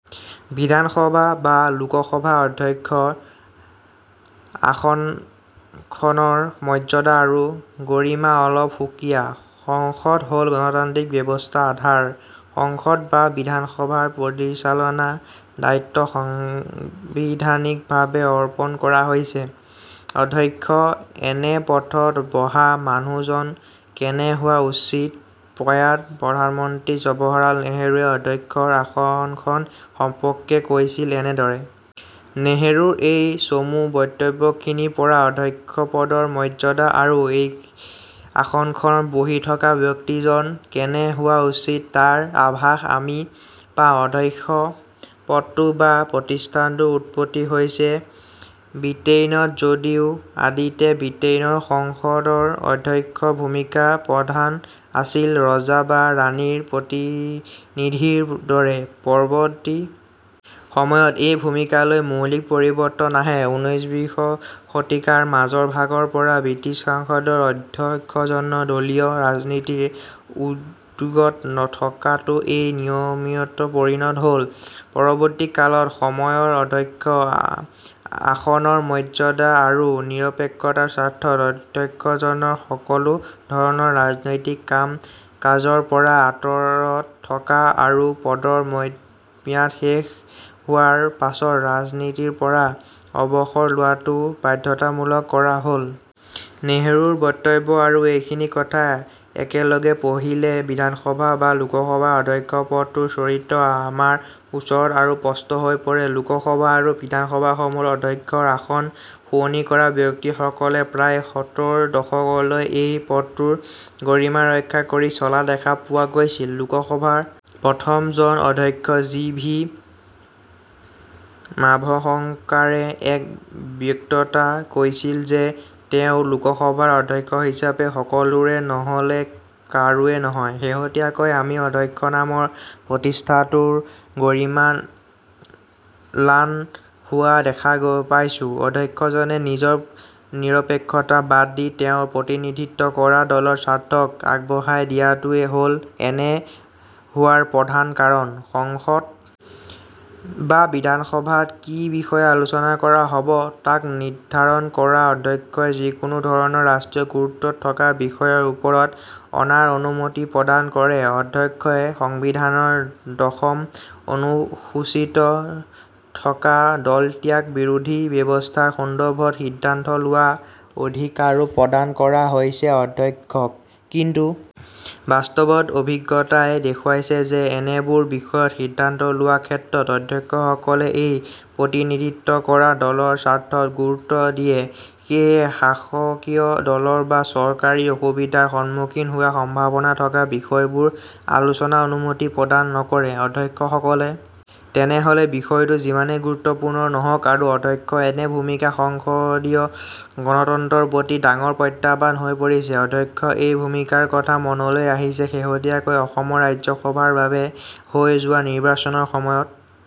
বিধানসভা বা লোকসভাৰ অধ্যক্ষৰ আসনখনৰ মৰ্যদা আৰু গৰিমা অলপ সুকীয়া। সংসদ হ'ল গণতান্ত্ৰিক ব্যৱস্থাৰ আধাৰ। সংসদ বা বিধানসভাৰ পৰিচালনাৰ দায়িত্ব সাংবিধানিকভাৱে অৰ্পণ কৰা হৈছে অধ্যক্ষ। এনে পথত বহা মানুহজন কেনে হোৱা উচিত? প্ৰয়াত প্ৰধানমন্ত্ৰী জৱহৰলাল নেহৰুৱে অধ্যক্ষৰ আসনখন সম্পৰ্কে কৈছিল এনেদৰে। নেহৰুৰ এই চমু বক্তব্যখিনিৰ পৰা অধ্যক্ষ পদৰ মৰ্যাদা আৰু এই আসনখনত বহি থকা ব্যক্তিজন কেনে হোৱা উচিত তাৰ আভাস আমি পাওঁ। অধ্যক্ষ পদটো বা প্ৰতিষ্ঠানটোৰ উৎপত্তি হৈছে বৃটেইনত‌ যদিও আদিতে বৃটেইনৰ সংসদৰ অধ্যক্ষৰ ভূমিকা প্ৰধানতঃ আছিল ৰজা বা ৰাণীৰ প্ৰতিনিধিৰ দৰে। পৰৱৰ্তী সময়ত এই ভূমিকালৈ মৌলিক পৰিৱৰ্তন আহে। উনবিংশ শতিকাৰ মাজৰভাগৰ পৰা বৃটিছ সাংসদৰ অধ্যক্ষজন দলীয় ৰাজনীতিৰ উদোগত নথকাটো এই নিয়মত পৰিণত হ'ল। পৰৱৰ্তীকালত সময়ত অধ্যক্ষৰ আসনৰ মৰ্যাদা আৰু নিৰপেক্ষতাৰ স্বাৰ্থত অধ্যক্ষজনক সকলো ধৰণৰ ৰাজনৈতিক কাম কাজৰ পৰা আঁতৰত থকা আৰু পদৰ ম্যদমাস শেষ হোৱাৰ পাছত ৰাজনীতিৰ পৰা অৱসৰ লোৱাটো বাধ্যতামূলক কৰা হ'ল। নেহৰুৰ বক্তব্য আৰু এইখিনি কথা একেলগে পঢ়িলে বিধানসভা বা লোকসভাৰ অধ্যক্ষ পদটোৰ চৰিত্ৰ আমাৰ ওচৰত আৰু স্পষ্ট হৈ পৰে। লোকসভা আৰু বিধানসভাসমূহৰ অধ্যক্ষৰ আসন শুৱনি কৰা ব্যক্তিসকলে প্ৰায় সত্তৰ দশকলৈ এই পদটোৰ গৰিমা ৰক্ষা কৰি চলা দেখা পোৱা গৈছিল। লোকসভাৰ প্ৰথমজন অধ্যক্ষ জি ভি মাভসংকাৰে এক বক্তৃতা কৈছিল যে তেওঁ লোকসভাৰ অধ্যক্ষ হিচাপে সকলোৰে নহ'লে কাৰোৰে নহয়। শেহতীয়াকৈ আমি অধ্যক্ষ নামৰ প্ৰতিষ্ঠানটোৰ গৰিমা ম্লান হোৱা দেখা পাইছোঁ। অধ্যক্ষজনে নিজৰ নিৰপেক্ষতা বাদ দি তেওঁ প্ৰতিনিধিত্ব কৰা দলৰ স্বাৰ্থক আগবঢ়াই দিয়াটোৱেই হ'ল এনে হোৱাৰ প্ৰধান কাৰণ। সংসদ বা বিধানসভাত কি বিষয়ে আলোচনা কৰা হ'ব তাক নিৰ্দ্ধাৰণ কৰা অধ্যক্ষই। যিকোনো ধৰণৰ ৰাষ্ট্ৰীয় গুৰুত্ব থকা বিষয়ৰ ওপৰত অনাৰ অনুমতি প্ৰদান কৰে অধ্যক্ষই। সংবিধানৰ দশম অনুসূচীত থকা দলত্যাগ বিৰোধী ব্যৱস্থাৰ সন্দৰ্ভত সিদ্ধান্ত লোৱাৰ অধিকাৰো প্ৰদান কৰা হৈছে অধ্যক্ষক। কিন্তু বাস্তৱত অভিজ্ঞতাই দেখুৱাইছে যে এনেবোৰ বিষয়ত সিদ্ধান্ত লোৱাৰ ক্ষেত্ৰত অধ্যক্ষসকলে এই প্ৰতিনিধিত্ব কৰা দলৰ স্বাৰ্থক গুৰুত্ব দিয়ে। সেয়েহে শাসকীয় দলৰ বা চৰকাৰী অসুবিধাৰ সন্মুখীন হোৱাৰ সম্ভাৱনা থকা বিষয়বোৰ আলোচনাৰ অনুমতি প্ৰদান নকৰে অধ্যক্ষসকলে। তেহেলৈ বিষয়টো যিমানেই গুৰুত্বপূৰ্ণ নহওক আৰু অধ্যক্ষৰ এনে ভূমিকা সংসদীয় গণতন্ত্ৰৰ প্ৰতি ডাঙৰ প্ৰত্যাহ্বান হৈ পৰিছে। অধ্যক্ষৰ এই ভূমিকাৰ কথা মনলৈ আহিছে শেহতীয়াকৈ অসমৰ ৰাজ্যসভাৰ বাবে হৈ যোৱা নিৰ্বাচনৰ সময়ত।